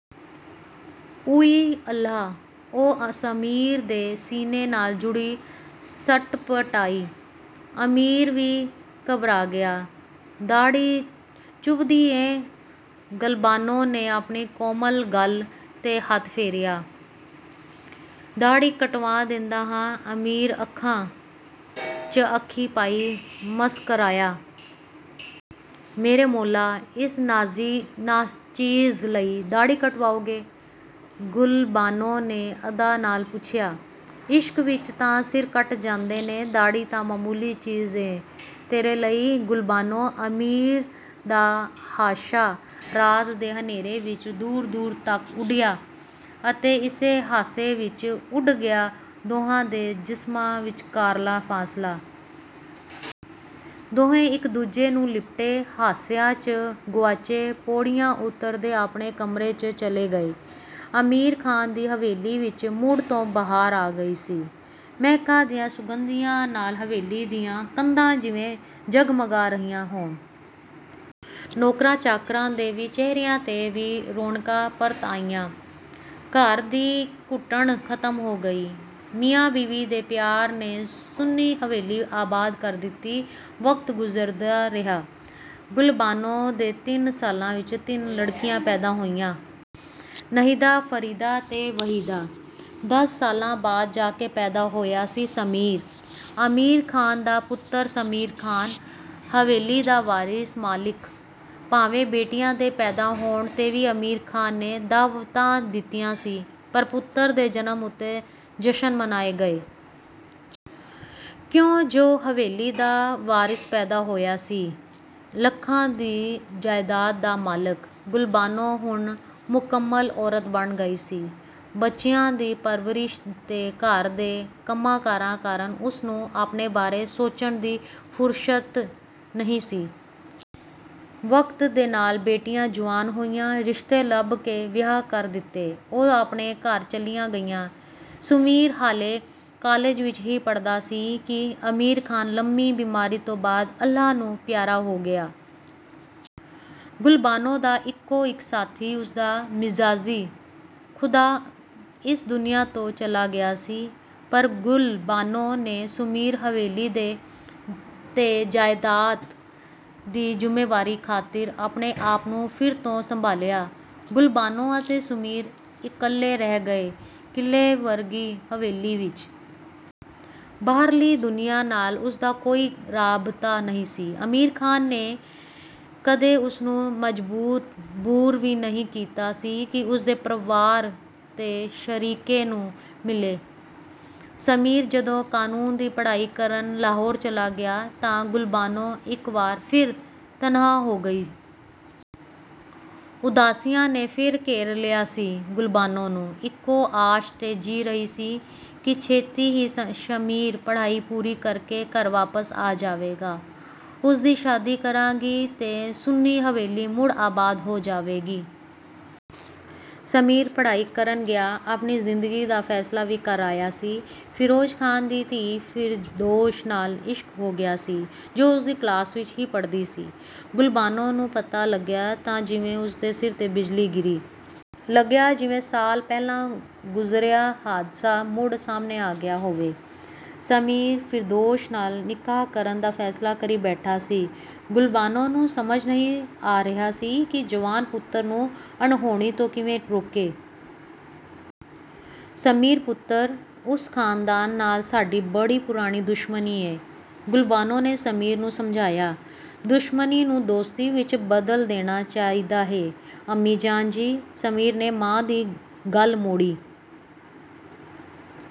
"ਊਈ ਅੱਲਾਹ"…. ਉਹ ਸਮੀਰ ਦੇ ਸੀਨੇ ਨਾਲ ਜੁੜੀ ਸਟਪਟਾਈ। ਅਮੀਰ ਵੀ ਘਬਰਾ ਗਿਆ!"ਦਾੜ੍ਹੀ ਚੁੱਭਦੀ ਏਂ "ਗੁਲਬਾਨੋ ਨੇ ਆਪਣੀ ਕੋਮਲ ਗਲ 'ਤੇ ਹੱਥ ਫੇਰਿਆ। "ਦਾੜ੍ਹੀ ਕਟਵਾਂ ਦਿੰਦਾਂ ਹਾਂ "ਅਮੀਰ ਅੱਖਾਂ, ਚ' ਅੱਖੀ ਪਾਈ ਮਸਕਰਾਇਆ। "ਮੇਰੇ ਮੌਲ੍ਹਾ.. ਇਸ ਨਾਚੀਜ਼ ਲਈ ਦਾੜ੍ਹੀ ਕਟਵਾਓਗੇ "…! ਗੁਲਬਾਨੋ ਨੇ ਅਦਾ ਨਾਲ ਪੁੱਛਿਆ। "ਇਸ਼ਕ ਵਿੱਚ ਤਾਂ ਸਿਰ ਕੱਟ ਜਾਂਦੇ ਨੇ, ਦਾੜ੍ਹੀ ਤਾਂ ਮਾਮੂਲੀ ਚੀਜ਼ ਏਂ ਤੇਰੇ ਲਈ, ਗੁਲਬਾਨੋ "ਅਮੀਰ ਦਾ ਹਾਸ਼ਾ ਰਾਤ ਦੇ ਹਨੇਰੇ ਵਿੱਚ ਦੂਰ ਦੂਰ ਤੱਕ ਉਡਿਆ, ਅਤੇ ਇਸੇ ਹਾਸੇ ਵਿੱਚ ਉਡ ਗਿਆ.. ਦੋਹਾਂ ਦੇ ਜਿਸਮਾਂ ਵਿੱਚਕਾਰਲਾਂ ਫਾਸਲਾ। ਦੋਹੇਂ ਇੱਕ-ਦੂਜੇ ਨੂੰ ਲਿਪਟੇ, ਹਾਸਿਆ, ਚ' ਗੁਆਚੇ ਪੌੜੀਆਂ ਉਤਰਦੇ ਆਪਣੇ ਕਮਰੇ, ਚ' ਚਲੇ ਗਏ। ਅਮੀਰ ਖਾਨ ਦੀ ਹਵੇਲੀ ਵਿੱਚ ਮੁੜ ਤੋਂ ਬਹਾਰ ਆ ਗਈ ਸੀ। ਮਹਿਕਾਂ ਦੀਆ ਸੁਗੰਧੀਆਂ ਨਾਲ ਹਵੇਲੀ ਦੀਆ ਕੰਧਾਂ ਜਿਵੇਂ ਜਗ-ਮਗਾ ਰਹੀਆ ਹੋਣ। ਨੌਕਰਾਂ ਚਾਕਰਾਂ ਦੇ ਵੀ ਚਿਹਰਿਆਂ 'ਤੇ ਵੀ ਰੌਣਕਾ ਪਰਤ ਆਈਆ। ਘਰ ਦੀ ਘੁੱਟਣ ਖਤਮ ਹੋ ਗਈ। ਮੀਆਂ-ਬੀਵੀ ਦੇ ਪਿਆਰ ਨੇ ਸੁੰਨੀ ਹਵੇਲੀ ਆਬਾਦ ਕਰ ਦਿਤੀ, ਵਕਤ ਗੁਜ਼ਰਦਾ ਰਿਹਾ। ਗੁਲਬਾਨੋ ਦੇ ਤਿੰਨ ਸਾਲਾਂ ਵਿੱਚ ਤਿੰਨ ਲੜਕੀਆਂ ਪੈਦਾ ਹੋਈਆ। ਨਹੀਦਾ, ਫਰੀਦਾ ਤੇ ਵਹੀਦਾ। ਦਸ ਸਾਲਾਂ ਬਾਅਦ ਜਾ ਕੇ ਪੈਦਾ ਹੋਇਆ ਸੀ ਸਮੀਰ। ਅਮੀਰ ਖਾਨ ਦਾ ਪੁੱਤਰ.. ਸਮੀਰ ਖਾਨ। ਹਵੇਲੀ ਦਾ ਵਾਰਿਸ਼, ਮਾਲਿਕ। ਭਾਵੇਂ ਬੇਟੀਆ ਦੇ ਪੈਦਾ ਹੋਣ 'ਤੇ ਵੀ ਅਮੀਰ ਖਾਨ ਨੇ ਦਾਅਵਤਾਂ ਦਿੱਤੀਆ ਸੀ, ਪਰ ਪੁੱਤਰ ਦੇ ਜਨਮ ਉਤੇ ਜਸ਼ਨ ਮਨਾਏ ਗਏ। ਕਿਉ ਜੋ ਹਵੇਲੀ ਦਾ ਵਾਰਿਸ਼ ਪੈਦਾ ਹੋਇਆ ਸੀ। ਲੱਖਾਂ ਦੀ ਜਾਇਦਾਦ ਦਾ.... ਮਾਲਕ। ਗੁਲਬਾਨੋ ਹੁਣ ਮੁਕੰਮਲ ਔਰਤ ਬਣ ਗਈ ਸੀ। ਬੱਚਿਆਂ ਦੀ ਪਰਵਰਿਸ਼ ਤੇ ਘਰ ਦੇ ਕੰਮਾਂਕਾਰਾ ਕਾਰਨ ਉਸਨੂੰ ਆਪਣੇ ਬਾਰੇ ਸੋਚਣ ਦੀ ਫੁਰਸ਼ਤ ਨਹੀ ਸੀ। ਵਕਤ ਦੇ ਨਾਲ ਬੇਟੀਆ ਜੁਆਨ ਹੋਈਆ, ਰਿਸ਼ਤੇ ਲੱਭਕੇ ਵਿਆਹ ਕਰ ਦਿਤੇ। ਉਹ ਆਪਣੇ ਘਰ ਚਲੀਆ ਗਈਆ। ਸੁਮੀਰ ਹਾਲੇ ਕਾਲਿਜ ਵਿੱਚ ਹੀ ਪੜ੍ਹਦਾ ਸੀ ਕਿ ਅਮੀਰ ਖਾਨ ਲੰਮੀ ਬਿਮਾਰੀ ਤੋਂ ਬਾਅਦ ਅੱਲਾਹ ਨੂੰ ਪਿਆਰਾ ਹੋ ਗਿਆ। ਗੁਲਬਾਨੋ ਦਾ ਇੱਕੋ-ਇੱਕ ਸਾਥੀ ਉਸਦਾ "ਮਿਜ਼ਾਜੀ ਖੁਦਾ"ਇਸ ਦੁਨੀਆ ਤੋਂ ਚਲਾ ਗਿਆ ਸੀ। ਪਰ ਗੁਲਬਾਨੋ ਨੇ ਸੁਮੀਰ, ਹਵੇਲੀ ਤੇ ਜਾਇਦਾਦ ਦੀ ਜੁੰਮੇਂਵਾਰੀ ਖਾਤਿਰ ਆਪਣੇ ਆਪ ਨੂੰ ਫਿਰ ਤੋਂ ਸੰਭਾਲਿਆਂ। ਗੁਲਬਾਨੋ ਅਤੇ ਸੁਮੀਰ ਇੱਕਲੇ ਰਹਿ ਗਏ....ਕਿਲ੍ਹੇ ਵਰਗੀ ਹਵੇਲੀ ਵਿੱਚ। ਬਾਹਰਲੀ ਦੁਨੀਆਂ ਨਾਲ ਉਸਦਾ ਕੋਈ ਰਾਬਤਾ ਨਹੀ ਸੀ। ਅਮੀਰ ਖਾਨ ਨੇ ਕਦੇ ਉਸਨੂੰ ਮਜਬੂਰ ਵੀ ਨਹੀ ਕੀਤਾ ਸੀ ਕਿ ੳਸਦੇ ਪਰਿਵਾਰ ਤੇ ਸ਼ਰੀਕੇ ਨੂੰ ਮਿਲੇ। ਸਮੀਰ ਜਦੋ ਕਾਨੂੰਨ ਦੀ ਪੜ੍ਹਾਈ ਕਰਨ ਲਾਹੌਰ ਚਲਾ ਗਿਆ ਤਾਂ ਗੁਲਬਾਨੋ ਇਕ ਵਾਰ ਫਿਰ ਤਨਹਾ ਹੋ ਗਈ। ਉਦਾਸੀਆਂ ਨੇ ਫੇਰ ਘੇਰ ਲਿਆ ਸੀ ..ਗੁਲਬਾਨੋ ਨੂੰ। ਇਕੋ ਆਸ਼ ਤੇ ਜੀਅ ਰਹੀ ਸੀ, ਕਿ ਛੇਤੀ ਹੀ ਸ਼ਮੀਰ ਪੜ੍ਹਾਈ ਪੂਰੀ ਕਰਕੇ ਘਰ ਵਾਪਸ ਆ ਜਾਵੇਗਾ। ਉਸਦੀ ਸ਼ਾਦੀ ਕਰਾਗੀ ਤੇ ਸੁੰਨੀ ਹਵੇਲੀ ਮੁੜ ਆਬਾਦ ਹੋ ਜਾਵੇਗੀ। ਸਮੀਰ ਪੜ੍ਹਾਈ ਕਰਨ ਗਿਆ, ਆਪਣੀ ਜ਼ਿੰਦਗੀ ਦਾ ਫੈਸਲਾ ਵੀ ਕਰ ਆਇਆ ਸੀ। "ਫਿਰੋਜ ਖਾਨ"ਦੀ ਧੀ ਫਿਰਦੋਸ਼ ਨਾਲ ਇਸ਼ਕ ਹੋ ਗਿਆ ਸੀ, ਜੋ ਉਸਦੀ ਕਲਾਸ ਵਿੱਚ ਹੀ ਪੜ੍ਹਦੀ ਸੀ। ਗੁਲਬਾਨੋ ਨੂੰ ਪਤਾ ਲੱਗਿਆ ਤਾਂ ਜਿਵੇ ਉਸਦੇ ਸਿਰ ਤੇ ਬਿਜਲੀ ਗਿਰੀ। ਲੱਗਿਆ ਜਿਵੇਂ ਸਾਲ ਪਹਿਲਾਂ ਗੁਜ਼ਰਿਆਂ ਹਾਦਸਾ ਮੁੜ ਸਾਹਮਣੇ ਆ ਗਿਆ ਹੋਵੇ। ਸਮੀਰ, ਫਿਰਦੌਸ਼ ਨਾਲ ਨਿਕਾਹ ਕਰਨ ਦਾ ਫੈਸਲਾ ਕਰੀ ਬੈਠਾ ਸੀ। ਗੁਲਬਾਨੋ ਨੂੰ ਸਮਝ ਨਹੀ ਆ ਰਿਹਾ ਸੀ ਕਿ ਜਵਾਨ ਪੁੱਤਰ ਨੂੰ ਅਣਹੋਣੀ ਤੋਂ ਕਿਵੇ ਰੋਕੇ। "ਸਮੀਰ ਪੁੱਤਰ…. ਉਸ ਖਾਨਦਾਨ ਨਾਲ ਸਾਡੀ ਬੜੀ ਪੁਰਾਣੀ ਦੁਸ਼ਮਣੀ ਏਂ "….. ਗੁਲਬਾਨੋ ਨੇ ਸਮੀਰ ਨੂੰ ਸਮਝਾਇਆ। "ਦੁਸ਼ਮਣੀ ਨੂੰ ਦੋਸਤੀ ਵਿੱਚ ਬਦਲ ਦੇਣਾ ਚਾਹੀਦਾ ਏ... ਅੰਮੀ-ਜਾਨ ਜੀ "…. ਸਮੀਰ ਨੇ ਮਾਂ ਦੀ ਗੱਲ ਮੋੜੀ।